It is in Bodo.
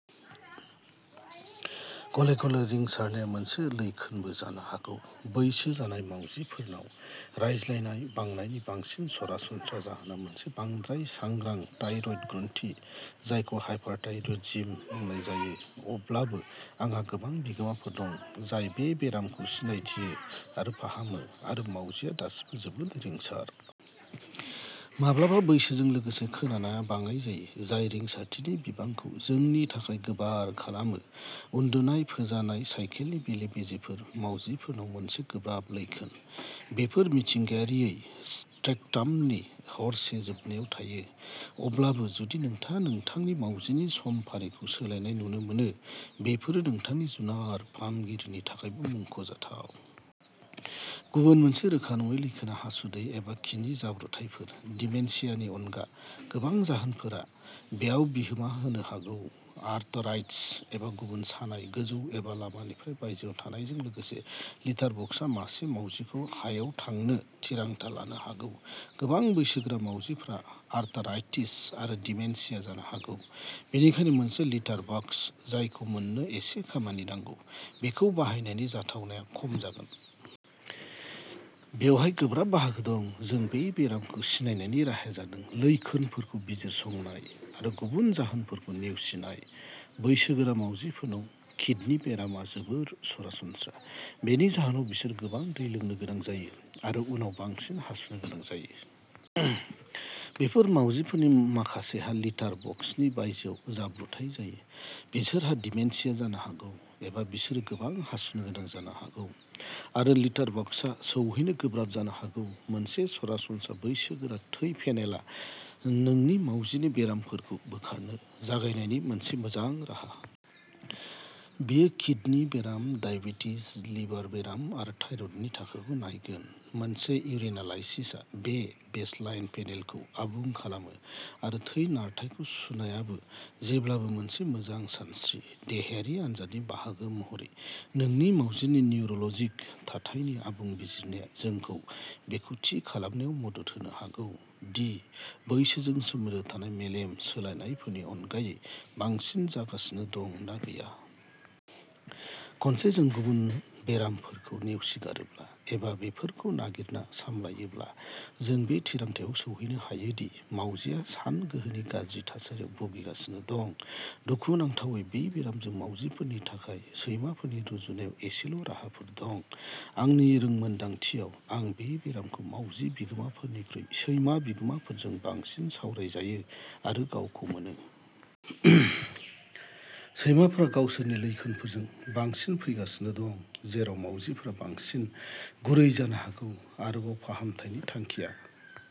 गले-गले। रिंसारनाया मोनसे लैखोनबो जानो हागौ। बैसो जानाय मावजिफोरनाव रायज्लायनाय बांनायनि बांसिन सरासनस्रा जाहोना मोनसे बांद्राय सांग्रां थायरइड ग्रन्थि, जायखौ हाइपारथायरयिडिज्म बुंनाय जायो। अब्लाबो, आंहा गोबां बिगोमाफोर दं जाय बे बेरामखौ सिनायथियो आरो फाहामो, आरो मावजिआ दासिमबो जोबोद रिंसार। माब्लाबा, बैसोजों लोगोसे खोनानायआ बाङाइ जायो, जाय रिंसारथिनि बिबांखौ जोंनि थाखाय गोबार खालामो। उन्दुनाय फोजानाय साइकेलनि बेले-बेजेफोरा मावजिफोरनाव मोनसे गोब्राब लैखोन। बेफोर मिथिंगायारियै स्पेकट्रामनि हरसे जोबनायाव थायो। अब्लाबो, जुदि नोंथाङा नोंथांनि मावजिनि समफारिखौ सोलायनाय नुनो मोनो बेफोरो नोंथांनि जुनार फाहामगिरिनि थाखायबो मुंख'जाथाव। गुबुन मोनसे रोखा नङै लैखोनआ हासुदै एबा खिनि जाब्रबथायफोर। डिमेनशियानि अनगा गोबां जाहोनफोरा बेयाव बिहोमा होनो हागौ। आर्थराइटिस एबा गुबुन सानाय, गोजौ एबा लामानिफ्राय बायजोआव थानायजों लोगोसे। लिटार बक्सआ मासे मावजिखौ हायाव थांनो थिरांथा लानो हागौ गोबां बैसोगोरा मावजिफोरा आर्थराइटिस आरो डिमेनशिया जानो हागौ, बेनिखायनो मोनसे लिटार बक्स जायखौ मोननो एसे खामानि नांगौ, बेखौ बाहायनायनि जाथावनाया खम जागोन। बेवहाय गोब्राब बाहागो दं। जों बे बेरामखौ सिनायनायनि राहाया जादों लैखोनफोरखौ बिजिरसंनाय आरो गुबुन जाहोनफोरखौ नेवसिनाय। बैसोगोरा मावजिफोरनाव, किडनि बेराम आ जोबोद सरासनस्रा। बेनि जाहोनाव बिसोरो गोबां दै लोंनो गोनां जायो, आरो उनाव बांसिन हासुनो गोनां जायो। बेफोर मावजिफोरनि माखासेहा लिटार बक्सनि बायजोआव जाब्रबथाय जायो। बिसोरहा डिमेनशिया जानो हागौ, एबा बिसोरो गोबां हासुनो गोनां जानो हागौ, आरो लिटार बक्सआ सौहैनो गोब्राब जानो हागौ मोनसे सरासनस्रा बैसोगोरा थै पेनेलआ नोंनि मावजिनि बेरामफोरखौ बोखारनो जागायनायनि मोनसे मोजां राहा। बेयो किडनि बेराम, दाइबेटिस, लिभार बेराम आरो थाइरयडनि थाखोखौ नायगोन। मोनसे इउरिनालाइसिसआ बे बेसलाइन पेनेलखौ आबुं खालामो, आरो थै नारथायखौ सुनायाबो जेब्लाबो मोनसे मोजां सानस्रि। देहायारि आनजादनि बाहागो महरै नोंनि मावजिनि निउर'ल'जिक थाथायनि आबुं बिजिरनाया जोंखौ बेखौ थि खालामनायाव मदद होनो हागौ दि बैसोजों सोमोन्दो थानाय मेलेम सोलायनायफोरनि अनगायै बांसिन जागासिनो दं ना गैया। खनसे जों गुबुन बेरामफोरखौ नेवसिगारोब्ला, एबा बेफोरखौ नागिरना सामलायोब्ला, जों बे थिरांथायाव सौहैनो हायो दि मावजिआ सानगोहोनि गाज्रि थासारियाव भुगिगासिनो दं। दुखुनांथावै, बे बेरामजों मावजिफोरनि थाखाय सैमाफोरनि रुजुनायाव एसेल' राहाफोर दं। आंनि रोंमोन्दांथियाव, आं बे बेरामखौ मावजि बिगोमाफोरनिख्रुइ सैमा बिगोमाफोरजों बांसिन सावरायजायो आरो गावखौ मोनो। सैमाफोरा गावसोरनि लैखोनफोरजों बांसिन फैगासिनो दं जेराव मावजिफोरा बांसिन गुरै जानो हागौ। आरोबाव, फाहामथायनि थांखिया।